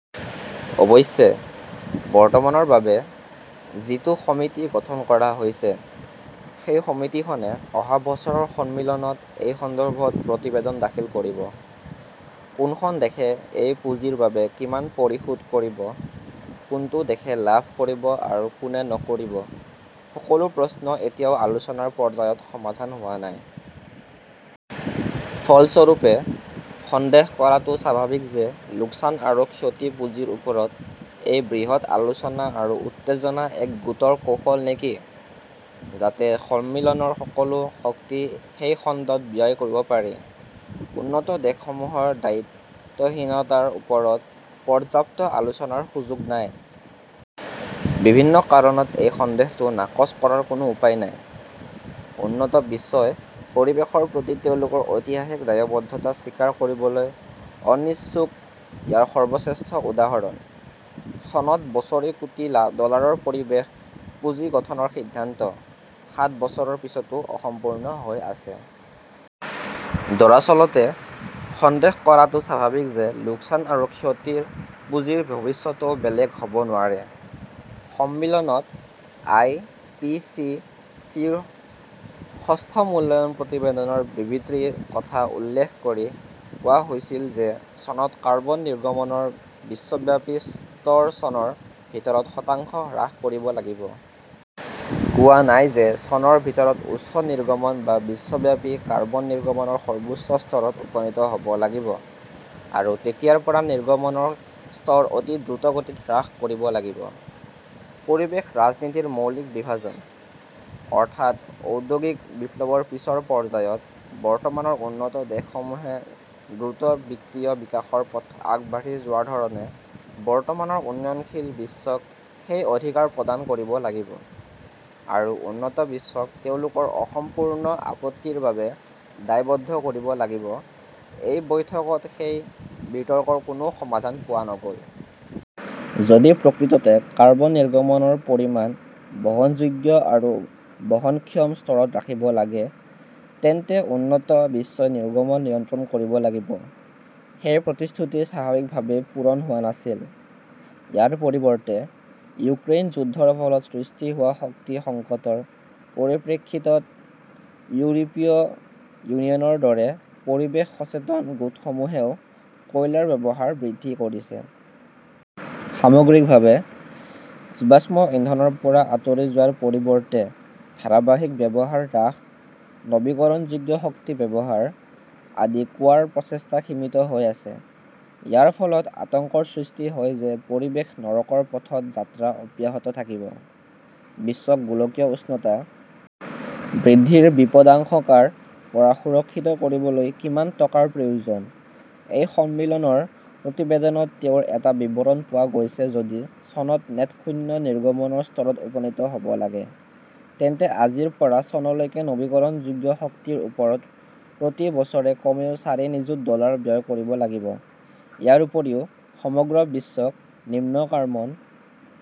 অৱশ্যে, বৰ্তমানৰ বাবে, যিটো সমিতি গঠন কৰা হৈছে, সেই সমিতিখনে অহা বছৰৰ সন্মিলনত এই সন্দৰ্ভত প্ৰতিবেদন দাখিল কৰিব। কোনখন দেশে এই পুঁজিৰ বাবে কিমান পৰিশোধ কৰিব, কোনটো দেশে লাভ কৰিব আৰু কোনে নকৰিব, সকলো প্ৰশ্ন এতিয়াও আলোচনাৰ পৰ্যায়ত সমাধান হোৱা নাই। ফলস্বৰূপে, সন্দেহ কৰাটো স্বাভাৱিক যে লোকচান আৰু ক্ষতি পুঁজিৰ ওপৰত এই বৃহৎ আলোচনা আৰু উত্তেজনা এক গোটৰ কৌশল নেকি, যাতে সন্মিলনৰ সকলো শক্তি সেই খণ্ডত ব্যয় কৰিব পাৰি, উন্নত দেশসমূহৰ দায়িত্বহীনতাৰ ওপৰত পৰ্যাপ্ত আলোচনাৰ সুযোগ নাই? বিভিন্ন কাৰণত এই সন্দেহটো নাকচ কৰাৰ কোনো উপায় নাই। উন্নত বিশ্বই পৰিৱেশৰ প্ৰতি তেওঁলোকৰ ঐতিহাসিক দায়বদ্ধতা স্বীকাৰ কৰিবলৈ অনিচ্ছুক-ইয়াৰ সৰ্বশ্ৰেষ্ঠ উদাহৰণ, চনত বছৰি কোটি ডলাৰৰ পৰিৱেশ পুঁজি গঠনৰ সিদ্ধান্ত, সাত বছৰৰ পিছতো অসম্পূৰ্ণ হৈ আছে। দৰাচলতে, সন্দেহ কৰাটো স্বাভাৱিক যে লোকচান আৰু ক্ষতি পুঁজিৰ ভৱিষ্যতও বেলেগ হ "ব নোৱাৰে। সন্মিলনত আই. পি. চি. চি. -ৰ ষষ্ঠ মূল্যায়ন প্ৰতিবেদনৰ বিবৃতিৰ কথা উল্লেখ কৰি কোৱা হৈছিল যে চনত কাৰ্বন নিৰ্গমনৰ বিশ্বব্যাপী স্তৰ চনৰ ভিতৰত শতাংশ হ্ৰাস কৰিব লাগিব। কোৱা হোৱা নাই যে চনৰ ভিতৰত উচ্চ নিৰ্গমন বা বিশ্বব্যাপী কাৰ্বন নিৰ্গমনৰ সৰ্বোচ্চ স্তৰত উপনীত হ 'ব লাগিব, আৰু তেতিয়াৰ পৰা নিৰ্গমনৰ স্তৰ অতি দ্ৰুতগতিত হ্ৰাস কৰিব লাগিব। পৰিৱেশ ৰাজনীতিৰ মৌলিক বিভাজন, অৰ্থাৎ ঔদ্যোগিক বিপ্লৱৰ পিছৰ পৰ্যায়ত বৰ্তমানৰ উন্নত দেশসমূহে দ্ৰুত বিত্তীয় বিকাশৰ পথত আগবাঢ়ি যোৱাৰ ধৰণে বৰ্তমানৰ উন্নয়নশীল বিশ্বক সেই অধিকাৰ প্ৰদান কৰিব লাগিব, আৰু উন্নত বিশ্বক তেওঁলোকৰ সম্পূৰ্ণ আপত্তিৰ বাবে দায়বদ্ধ কৰিব লাগিব-এই বৈঠকত সেই বিতৰ্কৰ কোনো সমাধান পোৱা নগ "ল। যদি প্ৰকৃততে কাৰ্বন নিৰ্গমনৰ পৰিমাণ বহনযোগ্য আৰু বহনক্ষম স্তৰত ৰাখিব লাগে, তেন্তে উন্নত বিশ্বই নিৰ্গমন নিয়ন্ত্ৰণ কৰিব লাগিব। সেই প্ৰতিশ্ৰুতি স্বাভাৱিকভাৱেই পূৰণ হোৱা নাছিল। ইয়াৰ পৰিৱৰ্তে, ইউক্ৰেইন যুদ্ধৰ ফলত সৃষ্টি হোৱা শক্তি সংকটৰ পৰিপ্ৰেক্ষিতত ইউৰোপীয় ইউনিয়নৰ দৰে 'পৰিৱেশ সচেতন "গোটসমূহেও কয়লাৰ ব্যৱহাৰ বৃদ্ধি কৰিছে। সামগ্ৰিকভাৱে, জীৱাশ্ম ইন্ধনৰ পৰা আঁতৰি যোৱাৰ পৰিৱৰ্তে "ধাৰাবাহিক ব্যৱহাৰ হ্ৰাস", "নৱীকৰণযোগ্য শক্তি ব্যৱহাৰ" আদি কোৱাৰ প্ৰচেষ্টা সীমিত হৈ আছে। ইয়াৰ ফলত আতংকৰ সৃষ্টি হয় যে পৰিৱেশ-নৰকৰ পথত যাত্ৰা অব্যাহত থাকিব। বিশ্বক গোলকীয় উষ্ণতা বৃদ্ধিৰ বিপদাশংকাৰ পৰা সুৰক্ষিত কৰিবলৈ কিমান টকাৰ প্ৰয়োজন, এই সন্মিলনৰ প্ৰতিবেদনত তেওঁৰ এটা বিৱৰণ পোৱা গৈছে-যদি চনত 'নেট শূন্য "নিৰ্গমনৰ স্তৰত উপনীত হ' ব লাগে, তেন্তে আজিৰ পৰা চনলৈকে নৱীকৰণযোগ্য শক্তিৰ ওপৰত প্ৰতি বছৰে কমেও চাৰি নিযুত ডলাৰ ব্যয় কৰিব লাগিব। ইয়াৰ উপৰিও, সমগ্ৰ বিশ্বক 'নিম্ন কাৰ্বন